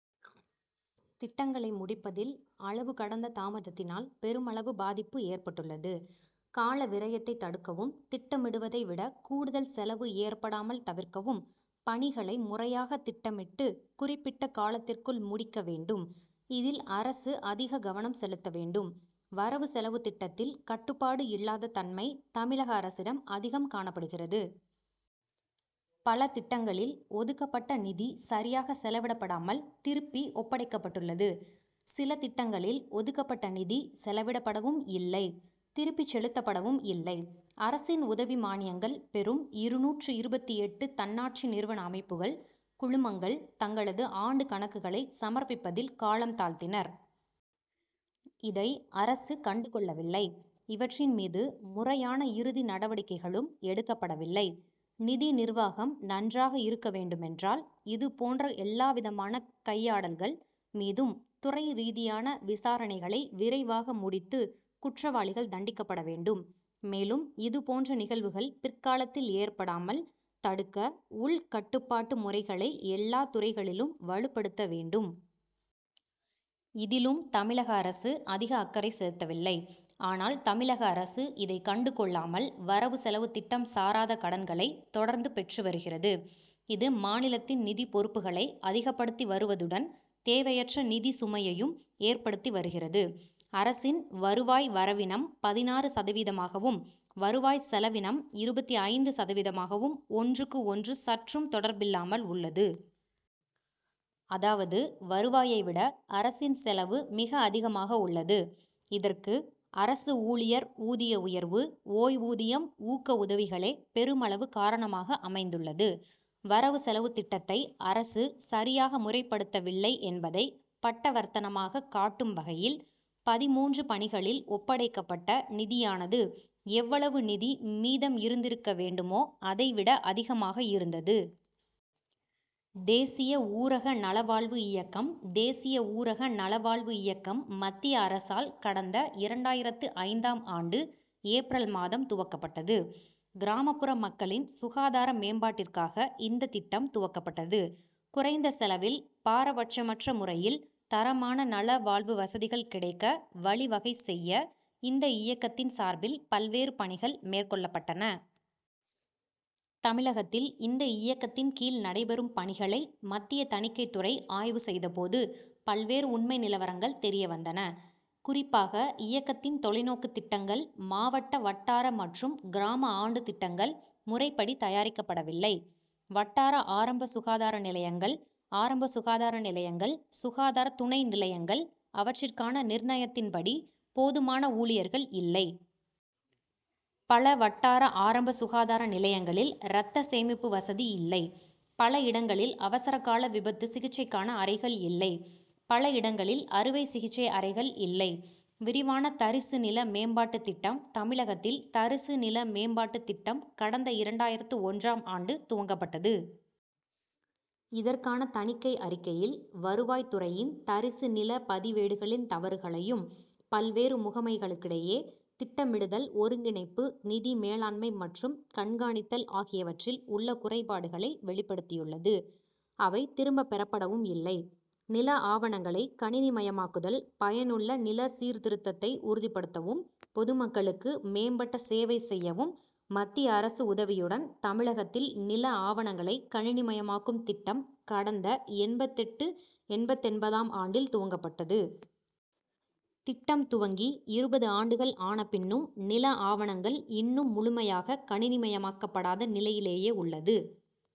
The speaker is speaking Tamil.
திட்டங்களை முடிப்பதில் அளவு கடந்த தாமதத்தினால் பெருமளவு பாதிப்பு ஏற்பட்டுள்ளது. கால விரயத்தை தடுக்கவும் திட்டமிடுவதை விட கூடுதல் செலவு ஏற்படாமல் தவிர்க்கவும் பணிகளை முறையாக திட்டமிட்டு குறிப்பிட்ட காலத்திற்குள் முடிக்க வேண்டும். இதில் அரசு அதிக கவனம் செலுத்த வேண்டும். வரவு செலவு திட்டத்தில் கட்டுப்பாடு இல்லாத தன்மை தமிழக அரசிடம் அதிகம் காணப்படுகிறது. பல திட்டங்களில் ஒதுக்கப்பட்ட நிதி சரியாக செலவிடப்படாமல் திருப்பி ஒப்படைக்கப்பட்டுள்ளது. சில திட்டங்களில் ஒதுக்கப்பட்ட நிதி செலவிடப்படவும் இல்லை. திருப்பிச் செலுத்தப்படவும் இல்லை. அரசின் உதவி மானியங்கள் பெறும் இருநூற்று இருபத்து எட்டு தன்னாட்சி நிறுவன அமைப்புகள் குழுமங்கள் தங்களது ஆண்டு கணக்குகளை சமர்ப்பிப்பதில் காலம் தாழ்த்தினர். இதை அரசு கண்டு கொள்ளவில்லை. இவற்றின் மீது முறையான இறுதி நடவடிக்கைகளும் எடுக்கப்படவில்லை. நிதி நிர்வாகம் நன்றாக இருக்க வேண்டுமென்றால் இது போன்ற எல்லாவிதமான கையாடல்கள் மீதும் துறை ரீதியான விசாரணைகளை விரைவாக முடித்து குற்றவாளிகள் தண்டிக்கப்பட வேண்டும். மேலும் இது போன்ற நிகழ்வுகள் பிற்காலத்தில் ஏற்படாமல் தடுக்க உள் கட்டுப்பாட்டு முறைகளை எல்லாத்துறைகளிலும் வலுப்படுத்த வேண்டும். இதிலும் தமிழக அரசு அதிக அக்கறை செலுத்தவில்லை. ஆனால் தமிழக அரசு இதை கண்டு கொள்ளாமல் வரவு செலவு திட்டம் சாராத கடன்களை தொடர்ந்து பெற்று வருகிறது. இது மாநிலத்தின் நிதிப் பொறுப்புகளை அதிகப்படுத்தி வருவதுடன் தேவையற்ற நிதி சுமையையும் ஏற்படுத்தி வருகிறது. அரசின் வருவாய் வரவினம் பதினாறு சதவீதமாகவும் வருவாய் செலவினம் இருபத்து ஐந்து சதவீதமாகவும் ஒன்றுக்கு ஒன்று சற்றும் தொடர்பில்லாமல் உள்ளது. அதாவது வருவாயை விட அரசின் செலவு மிக அதிகமாக உள்ளது. இதற்கு அரசு ஊழியர் ஊதிய உயர்வு ஓய்வூதியம் ஊக்க உதவிகளே பெருமளவு காரணமாக அமைந்துள்ளது. வரவு செலவு திட்டத்தை அரசு சரியாக முறைப்படுத்தவில்லை என்பதை பட்டவர்த்தனமாக காட்டும் வகையில் பதிமூன்று பணிகளில் ஒப்படைக்கப்பட்ட நிதியானது எவ்வளவு நிதி மீதம் இருந்திருக்க வேண்டுமோ அதை விட அதிகமாக இருந்தது. தேசிய ஊரக நலவாழ்வு இயக்கம் தேசிய ஊரக நல வாழ்வு இயக்கம் மத்திய அரசால் கடந்த இரண்டாயிரத்து ஐந்தாம் ஆண்டு ஏப்ரல் மாதம் துவக்கப்பட்டது. கிராமப்புற மக்களின் சுகாதார மேம்பாட்டிற்காக இந்த திட்டம் துவக்கப்பட்டது. குறைந்த செலவில் பாரபட்சமற்ற முறையில் தரமான நல வாழ்வு வசதிகள் கிடைக்க வழி வகை செய்ய இந்த இயக்கத்தின் சார்பில் பல்வேறு பணிகள் மேற்கொள்ளப்பட்டன. தமிழகத்தில் இந்த இயக்கத்தின் கீழ் நடைபெறும் பணிகளை மத்திய தணிக்கை துறை ஆய்வு செய்த போது பல்வேறு உண்மை நிலவரங்கள் தெரிய வந்தன. குறிப்பாக இயக்கத்தின் தொலைநோக்குத் திட்டங்கள் மாவட்ட வட்டார மற்றும் கிராம ஆண்டு திட்டங்கள் முறைப்படி தயாரிக்கப்படவில்லை. வட்டார ஆரம்ப சுகாதார நிலையங்கள் ஆரம்ப சுகாதார நிலையங்கள் சுகாதார துணை நிலையங்கள் அவற்றிற்கான நிர்ணயத்தின் படி போதுமான ஊழியர்கள் இல்லை. பல வட்டார ஆரம்ப சுகாதார நிலையங்களில் ரத்த சேமிப்பு வசதி இல்லை. பல இடங்களில் அவசர கால விபத்து சிகிச்சைக்கான அறைகள் இல்லை. பல இடங்களில் அறுவை சிகிச்சை அறைகள் இல்லை. விரிவான தரிசு நில மேம்பாட்டுத் திட்டம் தமிழகத்தில் தரிசு நில மேம்பாட்டு திட்டம் கடந்த இரண்டாயிரத்து ஒன்றாம் ஆண்டு துவங்கப்பட்டது. இதற்கான தணிக்கை அறிக்கையில் வருவாய் துறையின் தரிசு நில பதிவேடுகளின் தவறுகளையும் பல்வேறு முகமைகளுக்கிடையே திட்டமிடுதல் ஒருங்கிணைப்பு நிதி மேலாண்மை மற்றும் கண்காணித்தல் ஆகியவற்றில் உள்ள குறைபாடுகளை வெளிப்படுத்தியுள்ளது. அவை திரும்ப பெறப்படவும் இல்லை. நில ஆவணங்களை கணினிமயமாக்குதல் பயனுள்ள நில சீர்திருத்தத்தை உறுதிபடுத்தவும் பொதுமக்களுக்கு மேம்பட்ட சேவை செய்யவும் மத்திய அரசு உதவியுடன் தமிழகத்தில் நில ஆவணங்களை கணினிமயமாக்கும் திட்டம் கடந்த எண்பத்தெட்டு எண்பத்தொன்பதாம் ஆண்டில் துவங்கப்பட்டது. திட்டம் துவங்கி இருபது ஆண்டுகள் ஆன பின்னும் நில ஆவணங்கள் இன்னும் முழுமையாக கணினிமயமாக்கப்படாத நிலையிலேயே உள்ளது.